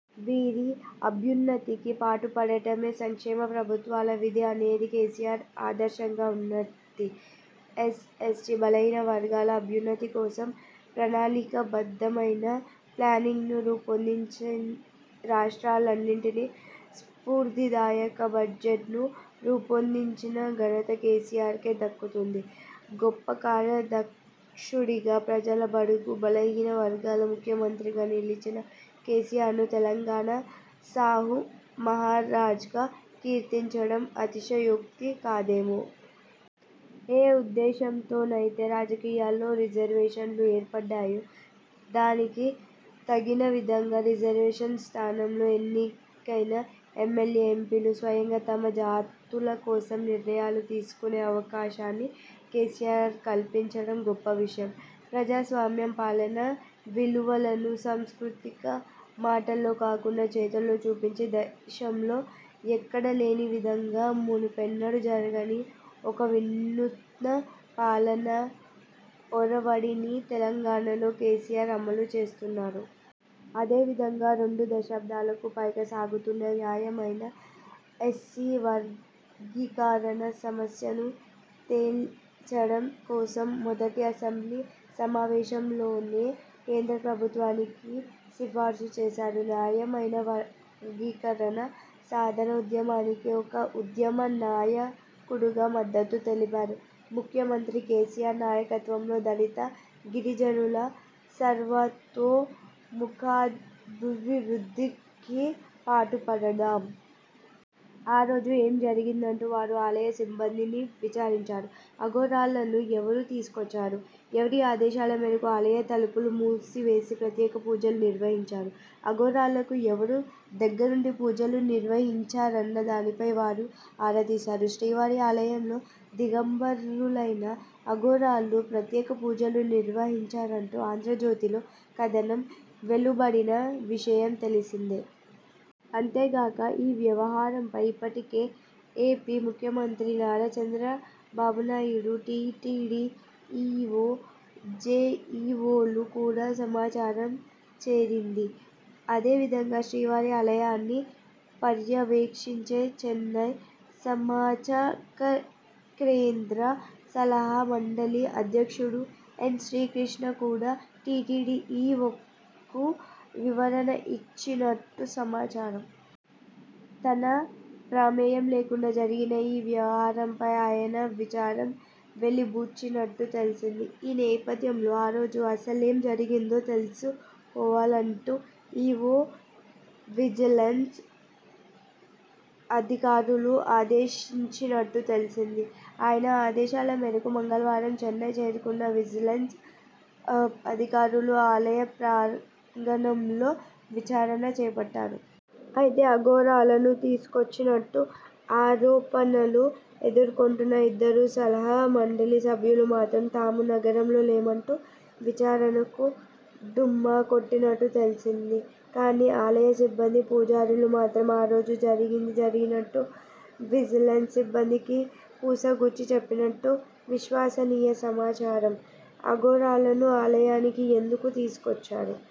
వీరి అభ్యున్నతికి పాటుపడటమే సంక్షేమ ప్రభుత్వాల విధి అనేది కేసీఆర్ ఆదర్శంగా ఉన్నది. ఎస్సీ, ఎస్టీ, బలహీన వర్గాల అభ్యున్నతి కోసం ప్రణాళికాబద్ధమైన ప్లానింగ్ను రూపొందించి రాష్ట్రాలన్నిటికీ స్ఫూర్తిదాయక బడ్జెట్ను రూపొందించిన ఘనత కేసీఆర్కే దక్కుతుంది. గొప్ప కార్యదక్షుడిగా, ప్రజల, బడుగు, బలహీన వర్గాల ముఖ్యమంత్రిగా నిలిచిన కేసీఆర్ను తెలంగాణ సాహు మహారాజ్గా కీర్తించడం అతిశయోక్తి కాదేమో. ఏ ఉద్దేశంతోనైతే రాజకీయాల్లో రిజర్వేషన్లు ఏర్పడ్డాయో, దానికి తగినవిధంగా రిజర్వు స్థానాల్లో ఎన్నికైన ఎమ్మెల్యే, ఎంపీలు స్వయంగా తమ జాతుల కోసం నిర్ణయాలు తీసుకునే అవకాశాన్ని కేసీఆర్ కల్పించడం గొప్ప విషయం. ప్రజాస్వామిక పాలనా విలువలను, సంస్కృతిని మాటల్లో కాకుండా చేతల్లో చూపించి, దేశంలో ఎక్కడలేని విధంగా, మునుపెన్నడూ జరుగని ఒక వినూత్న పాలనా ఒరవడిని తెలంగాణలో కేసీఆర్ అమలు చేస్తున్నారు. అదే విధంగా రెండు దశాబ్దాలకు పైగా సాగుతున్న న్యాయమైన ఎస్సీ వర్గీకరణ సమస్యను తేల్చడం కోసం మొదటి అసెంబ్లీ సమావేశాల్లోనే కేంద్ర ప్రభుత్వానికి సిఫార్సు చేశారు. న్యాయమైన వర్గీకరణ సాధన ఉద్యమానికి ఒక ఉద్యమ నాయకుడుగా మద్దతు తెలిపారు. ముఖ్యమంత్రి కేసీఆర్ నాయకత్వంలో దళిత, గిరిజనుల సర్వతోముఖాభివృద్ధికి పాటుపడదాం. ఆ రోజు ఏం జరిగిందంటూ వారు ఆలయ సిబ్బందిని విచారించారు. అఘోరాలను ఎవరు తీసుకొచ్చారు? ఎవరి ఆదేశాల మేరకు ఆలయ తలుపులు మూసివేసి ప్రత్యేక పూజలు నిర్వహించారు? అఘోరాలకు ఎవరు దగ్గరుండి పూజలు నిర్వహించారన్నదానిపై వారు ఆరా తీశారు. శ్రీవారి ఆలయంలో దిగంబరులైన అఘోరాలు ప్రత్యేక పూజలు నిర్వహించారంటూ 'ఆంధ్రజ్యోతి'లో కథనం వెలువడిన విషయం తెలిసిందే. అంతేగాక ఈ వ్యవహారంపై ఇప్పటికే ఏపీ ముఖ్యమంత్రి నారా చంద్రబాబునాయుడు, టీటీడీ ఈవో, జేఈవోలకు కూడా సమాచారం చేరింది. అదే విధంగా శ్రీవారి ఆలయాన్ని పర్యవేక్షించే చెన్నై సమాచారకేంద్ర సలహా మండలి అధ్యక్షుడు ఎన్. శ్రీకృష్ణ కూడా టీటీడీ ఈవోకు వివరణ ఇచ్చి నట్టు సమాచారం. తన ప్రమేయం లేకుండా జరిగిన ఈ వ్యవహారంపై ఆయన విచారం వెలిబుచ్చినట్టు తెలిసింది. ఈ నేపథ్యంలో ఆరోజు అసలేం జరిగిందో తెలుసుకోవాలంటూ ఈవో విజిలెన్స్ అదికారులను ఆదేశించినట్టు తెలిసింది. ఆయన ఆదేశాల మేరకు మంగళవారం చెన్నై చేరుకున్న విజిలెన్స్ అధికారులు ఆలయ ప్రాంగణంలో విచారణ చేపట్టారు. అయితే అఘోరాలను తీసుకొచ్చినట్టు ఆరోపణలు ఎదుర్కొంటున్న ఇద్దరు సలహామండలి సభ్యులు మాత్రం తాము నగరంలో లేమంటూ విచారణకు డుమ్మా కొట్టినట్టు తెలిసింది. కానీ ఆలయ సిబ్బంది, పూజారులు మాత్రం ఆరోజు జరిగింది జరిగినట్టు విజిలెన్స్ సిబ్బందికి పూసగుచ్చి చెప్పినట్టు విశ్వసనీయ సమాచారం. అఘోరాలను ఆలయానికి ఎందుకు తీసుకొచ్చారు?